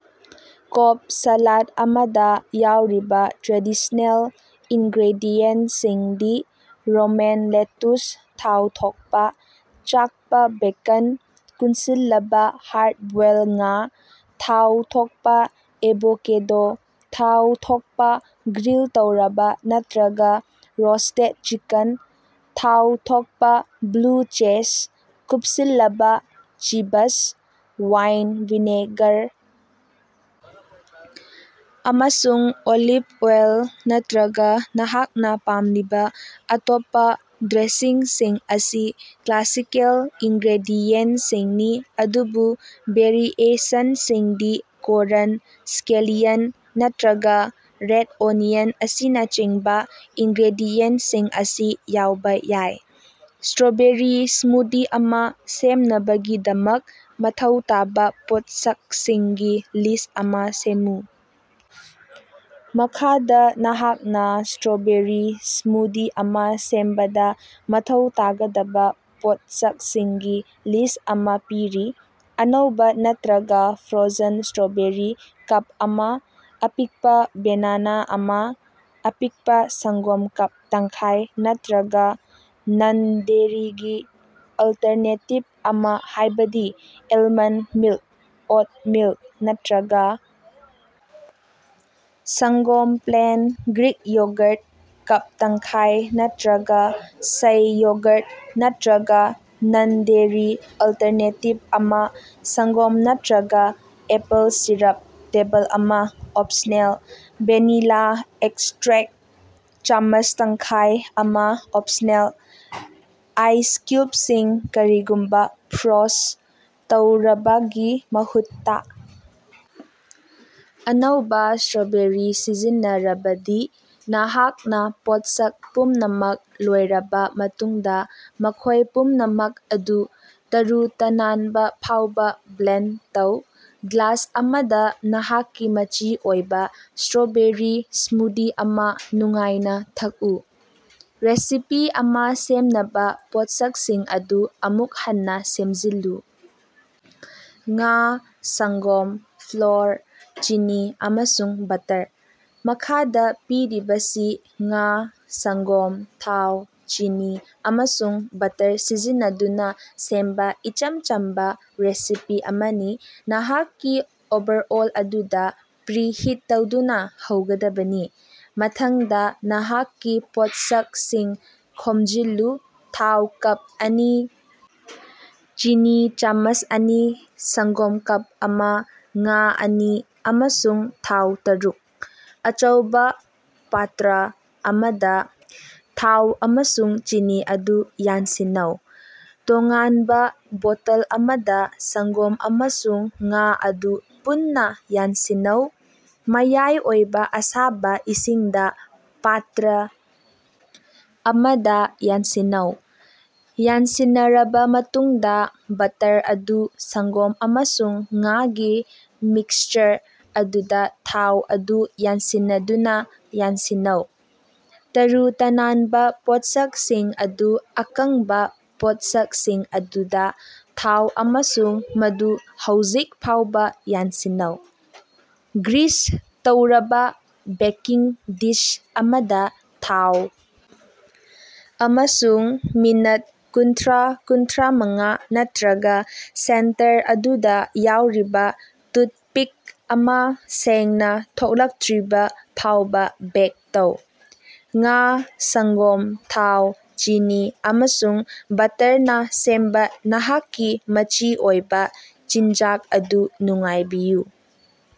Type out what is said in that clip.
ꯀꯣꯕ salad ꯑꯃꯗꯥ ꯌꯥꯎꯔꯤꯕꯥ traditional ꯏꯟꯒ꯭ꯔꯦꯗꯤꯌꯦꯟꯁꯤꯡꯗꯤ: ꯔꯣꯃꯦꯟ ꯂꯦꯇꯨꯁ ꯊꯥꯎ ꯊꯣꯛꯄꯥ ,ꯆꯥꯛꯄꯥ ꯕꯦꯀꯟ, ꯀꯨꯟꯁꯤꯜꯂꯕꯥ ꯍꯥꯔꯠ-ꯕꯣꯏꯜ ꯉꯥ, ꯊꯥꯎ ꯊꯣꯛꯄꯥ ꯑꯦꯚꯣꯀꯦꯗꯣ, ꯊꯥꯎ ꯊꯣꯛꯄꯥ ꯒ꯭ꯔꯤꯜ ꯇꯧꯔꯕꯥ ꯅꯠꯇ꯭ꯔꯒꯥ ꯔꯣꯁꯇꯦꯠ ꯆꯤꯀꯟ, ꯊꯥꯎ ꯊꯣꯛꯄꯥ ꯕ꯭ꯂꯨ ꯆꯦꯖ, ꯀꯨꯞꯁꯤꯜꯂꯕꯥ ꯆꯤꯚꯁ꯫ ꯋꯥꯏꯟ ꯚꯤꯅꯦꯒꯥꯔ ꯑꯃꯁꯨꯡ ꯑꯣꯂꯤꯚ ꯑꯣꯏꯜ ꯅꯠꯇ꯭ꯔꯒꯥ ꯅꯍꯥꯛꯅ ꯄꯥꯝꯂꯤꯕꯥ ꯑꯇꯣꯞꯄꯥ ꯗ꯭ꯔꯦꯁꯤꯡꯁꯤꯡ ꯑꯁꯤ ꯀ꯭ꯂꯥꯁꯤꯀꯦꯜ ꯏꯟꯒ꯭ꯔꯦꯗꯤꯌꯦꯟꯁꯤꯡꯅꯤ, ꯑꯗꯨꯕꯨ ꯚꯦꯔꯤꯑꯦꯁꯟꯁꯤꯡꯗꯤ ꯀꯣꯔꯟ, ꯁ꯭ꯀꯦꯂꯤꯌꯟ, ꯅꯠꯇ꯭ꯔꯒꯥ ꯔꯦꯠ ꯑꯣꯅꯤꯌꯟ ꯑꯁꯤꯅꯆꯤꯡꯕꯥ ꯏꯟꯒ꯭ꯔꯦꯗꯤꯌꯦꯟꯁꯤꯡ ꯑꯁꯤ ꯌꯥꯎꯕ ꯌꯥꯏ꯫ ꯁꯇ꯭ꯔꯣꯕꯦꯔꯤ ꯁ꯭ꯃꯨꯗꯤ ꯑꯃ ꯁꯦꯝꯅꯕꯒꯤꯗꯃꯛ ꯃꯊꯧ ꯇꯥꯕ ꯄꯣꯠꯁꯛꯁꯤꯡꯒꯤ ꯂꯤꯁ ꯑꯃ ꯁꯦꯝꯃꯨ꯫ ꯃꯈꯥꯗ ꯅꯍꯥꯛꯅ ꯁꯇ꯭ꯔꯣꯕꯦꯔꯤ ꯁ꯭ꯃꯨꯗꯤ ꯑꯃ ꯁꯦꯝꯕꯗꯥ ꯃꯊꯧ ꯇꯥꯒꯗꯕꯥ ꯄꯣꯠꯁꯛꯁꯤꯡꯒꯤ ꯂꯤꯁ ꯑꯃ ꯄꯤꯔꯤ: ꯑꯅꯧꯕ ꯅꯠꯇ꯭ꯔꯒꯥ ꯐ꯭ꯔꯣꯖꯟ ꯁꯇ꯭ꯔꯣꯕꯦꯔꯤ ꯀꯞ ꯑꯃ, ꯑꯄꯤꯛꯄꯥ ꯕꯦꯅꯥꯅ ꯑꯃ, ꯑꯄꯤꯛꯄꯥ ꯁꯪꯒꯣꯝ ꯀꯞ ꯇꯪꯈꯥꯏ ꯅꯠꯇ꯭ꯔꯒꯥ ꯅꯟ-ꯗꯦꯔꯤꯒꯤ ꯑꯜꯇꯔꯅꯦꯇꯤꯚ ꯑꯃ ꯍꯥꯏꯕꯗꯤ ꯑꯦꯜꯃꯟ ꯃꯤꯜꯛ, ꯑꯣꯠ ꯃꯤꯜꯛ꯫ ꯅꯠꯇ꯭ꯔꯒꯥ ꯁꯪꯒꯣꯝ ꯄ꯭ꯂꯦꯟ ,ꯒ꯭ꯔꯤꯛ ꯌꯣꯒꯔꯠ ꯀꯞ ꯇꯪꯈꯥꯏ ꯅꯠꯇ꯭ꯔꯒꯥ ꯁꯩ ꯌꯣꯒꯔꯠ ꯅꯠꯇ꯭ꯔꯒꯥ ꯅꯟ-ꯗꯦꯔꯤ ꯑꯜꯇꯔꯅꯦꯇꯤꯚ ꯑꯃ ꯁꯪꯒꯣꯝ ꯅꯠꯇ꯭ꯔꯒꯥ ꯑꯦꯄꯜ ꯁꯤꯔꯞ ꯇꯦꯕꯜ ꯑꯃ (ꯑꯣꯞꯁꯅꯦꯜ) ꯚꯦꯅꯤꯂꯥ ꯑꯦꯛꯁꯇ꯭ꯔꯦꯛ ꯆꯥꯃꯁ ꯇꯪꯈꯥꯏ ꯑꯃ (ꯑꯣꯞꯁꯅꯦꯜ) ꯫ ꯑꯥꯏꯁ ꯀ꯭ꯌꯨꯕꯁꯤꯡ (ꯀꯔꯤꯒꯨꯝꯕꯥ ꯐ꯭ꯔꯣꯖ ꯇꯧꯔꯕꯥꯒꯤ ꯃꯍꯨꯠꯇꯥ ꯑꯅꯧꯕꯥ ꯁꯇ꯭ꯔꯣꯕꯦꯔꯤ ꯁꯤꯖꯤꯟꯅꯔꯕꯗꯤ) ꯅꯍꯥꯛꯅꯥ ꯄꯣꯠꯁꯛ ꯄꯨꯝꯅꯃꯛ ꯂꯣꯏꯔꯕꯥ ꯃꯇꯨꯡꯗꯥ, ꯃꯈꯣꯏ ꯄꯨꯝꯅꯃꯛ ꯑꯗꯨ ꯇꯔꯨ-ꯇꯅꯥꯟꯕ ꯐꯥꯎꯕ ꯕ꯭ꯂꯦꯟꯗ ꯇꯧ, ꯒ꯭ꯂꯥꯁ ꯑꯃꯗꯥ ꯅꯍꯥꯛꯀꯤ ꯃꯆꯤ ꯑꯣꯏꯕ ꯁꯇ꯭ꯔꯣꯕꯦꯔꯤ ꯁ꯭ꯃꯨꯗꯤ ꯑꯗꯨ ꯅꯨꯡꯉꯥꯏꯅꯥ ꯊꯛꯎ꯫ ꯔꯦꯁꯤꯄꯤ ꯑꯃ ꯁꯦꯝꯅꯕꯥ ꯄꯣꯠꯁꯛꯁꯤꯡ ꯑꯗꯨ ꯑꯃꯨꯛ ꯍꯟꯅꯥ ꯁꯦꯝꯖꯤꯜꯂꯨ꯫ ꯉꯥ, ꯁꯪꯒꯣꯝ, ꯐ꯭ꯂꯣꯔ, ꯆꯤꯅꯤ ꯑꯃꯁꯨꯡ ꯕꯠꯇꯔ꯫ ꯃꯈꯥꯗ ꯄꯤꯔꯤꯕꯁꯤ ꯉꯥ, ꯁꯪꯒꯣꯝ, ꯊꯥꯎ, ꯆꯤꯅꯤ, ꯑꯃꯁꯨꯡ ꯕꯠꯇꯔ ꯁꯤꯖꯤꯟꯅꯗꯨꯅꯥ ꯁꯦꯝꯕꯥ ꯏꯆꯝ ꯆꯝꯕꯥ ꯔꯦꯁꯤꯄꯤ ꯑꯃꯅꯤ: ꯅꯍꯥꯛꯀꯤ ꯑꯣꯚꯔꯑꯣꯜ ꯑꯗꯨꯗꯥ ꯄ꯭ꯔꯤꯍꯤꯠ ꯇꯧꯗꯨꯅꯥ ꯍꯧꯒꯗꯕꯅꯤ꯫ ꯃꯊꯪꯗꯥ, ꯅꯍꯥꯛꯀꯤ ꯄꯣꯠꯁꯛꯁꯤꯡ ꯈꯣꯝꯖꯤꯜꯂꯨ: ꯊꯥꯎ ꯀꯞ ꯑꯅꯤ, ꯆꯤꯅꯤ ꯆꯥꯃꯁ ꯑꯅꯤ, ꯁꯪꯒꯣꯝ ꯀꯞ ꯑꯃ, ꯉꯥ ꯑꯅꯤ, ꯑꯃꯁꯨꯡ ꯊꯥꯎ ꯇꯔꯨꯛ꯫ ꯑꯆꯧꯕ ꯄꯥꯇ꯭ꯔꯥ ꯑꯃꯗꯥ ꯊꯥꯎ ꯑꯃꯁꯨꯡ ꯆꯤꯅꯤ ꯑꯗꯨ ꯌꯥꯟꯁꯤꯟꯅꯧ꯫ ꯇꯣꯉꯥꯟꯕꯥ ꯕꯣꯇꯜ ꯑꯃꯗꯥ ꯁꯪꯒꯣꯝ ꯑꯃꯁꯨꯡ ꯉꯥ ꯑꯗꯨ ꯄꯨꯟꯅꯥ ꯌꯥꯟꯁꯤꯟꯅꯧ꯫ ꯃꯌꯥꯏ ꯑꯣꯏꯕ ꯑꯁꯥꯕꯥ ꯏꯁꯤꯡꯗꯥ ꯄꯥꯠꯇ꯭ꯔꯥ ꯑꯃꯗꯥ ꯌꯥꯟꯁꯤꯟꯅꯧ꯫ ꯌꯥꯟꯁꯤꯟꯅꯔꯕꯥ ꯃꯇꯨꯡꯗꯥ, ꯕꯠꯇꯔ ꯑꯗꯨ ꯁꯪꯒꯣꯝ ꯑꯃꯁꯨꯡ ꯉꯥꯒꯤ ꯃꯤꯛꯁꯆꯔ ꯑꯗꯨꯗꯥ ꯊꯥꯎ ꯑꯗꯨ ꯌꯥꯟꯁꯤꯟꯅꯗꯨꯅꯥ ꯌꯥꯟꯁꯤꯟꯅꯧ꯫ ꯇꯔꯨ-ꯇꯅꯥꯟꯕꯥ ꯄꯣꯠꯁꯛꯁꯤꯡ ꯑꯗꯨ ꯑꯀꯪꯕꯥ ꯄꯣꯠꯁꯛꯁꯤꯡ ꯑꯗꯨꯗꯥ ꯊꯥꯎ ꯑꯃꯁꯨꯡ ꯃꯗꯨ ꯍꯧꯖꯤꯛ ꯐꯥꯎꯕ ꯌꯥꯟꯁꯤꯟꯅꯧ꯫ ꯒ꯭ꯔꯤꯁ ꯇꯧꯔꯕꯥ ꯕꯦꯀꯤꯡ ꯗꯤꯁ ꯑꯃꯗꯥ ꯊꯥꯎ ꯑꯃꯁꯨꯡ ꯃꯤꯅꯠ ꯀꯨꯟꯊ꯭ꯔꯥ-ꯀꯨꯟꯊ꯭ꯔꯥꯃꯉꯥ ꯅꯠꯇ꯭ꯔꯒꯥ ꯁꯦꯟꯇꯔ ꯑꯗꯨꯗꯥ ꯌꯥꯎꯔꯤꯕ ꯇꯨꯠꯄꯤꯛ ꯑꯃ ꯁꯦꯡꯅꯥ ꯊꯣꯛꯂꯛꯇ꯭ꯔꯤꯕꯐꯥꯎꯕ ꯕꯦꯛ ꯇꯧ꯫ ꯉꯥ, ꯁꯪꯒꯣꯝ, ꯊꯥꯎ, ꯆꯤꯅꯤ, ꯑꯃꯁꯨꯡ ꯕꯠꯇꯔꯅꯥ ꯁꯦꯝꯕꯥ ꯅꯍꯥꯛꯀꯤ ꯃꯆꯤ ꯑꯣꯏꯕ ꯆꯤꯟꯖꯥꯛ ꯑꯗꯨ ꯅꯨꯡꯉꯥꯏꯕꯤꯌꯨ꯫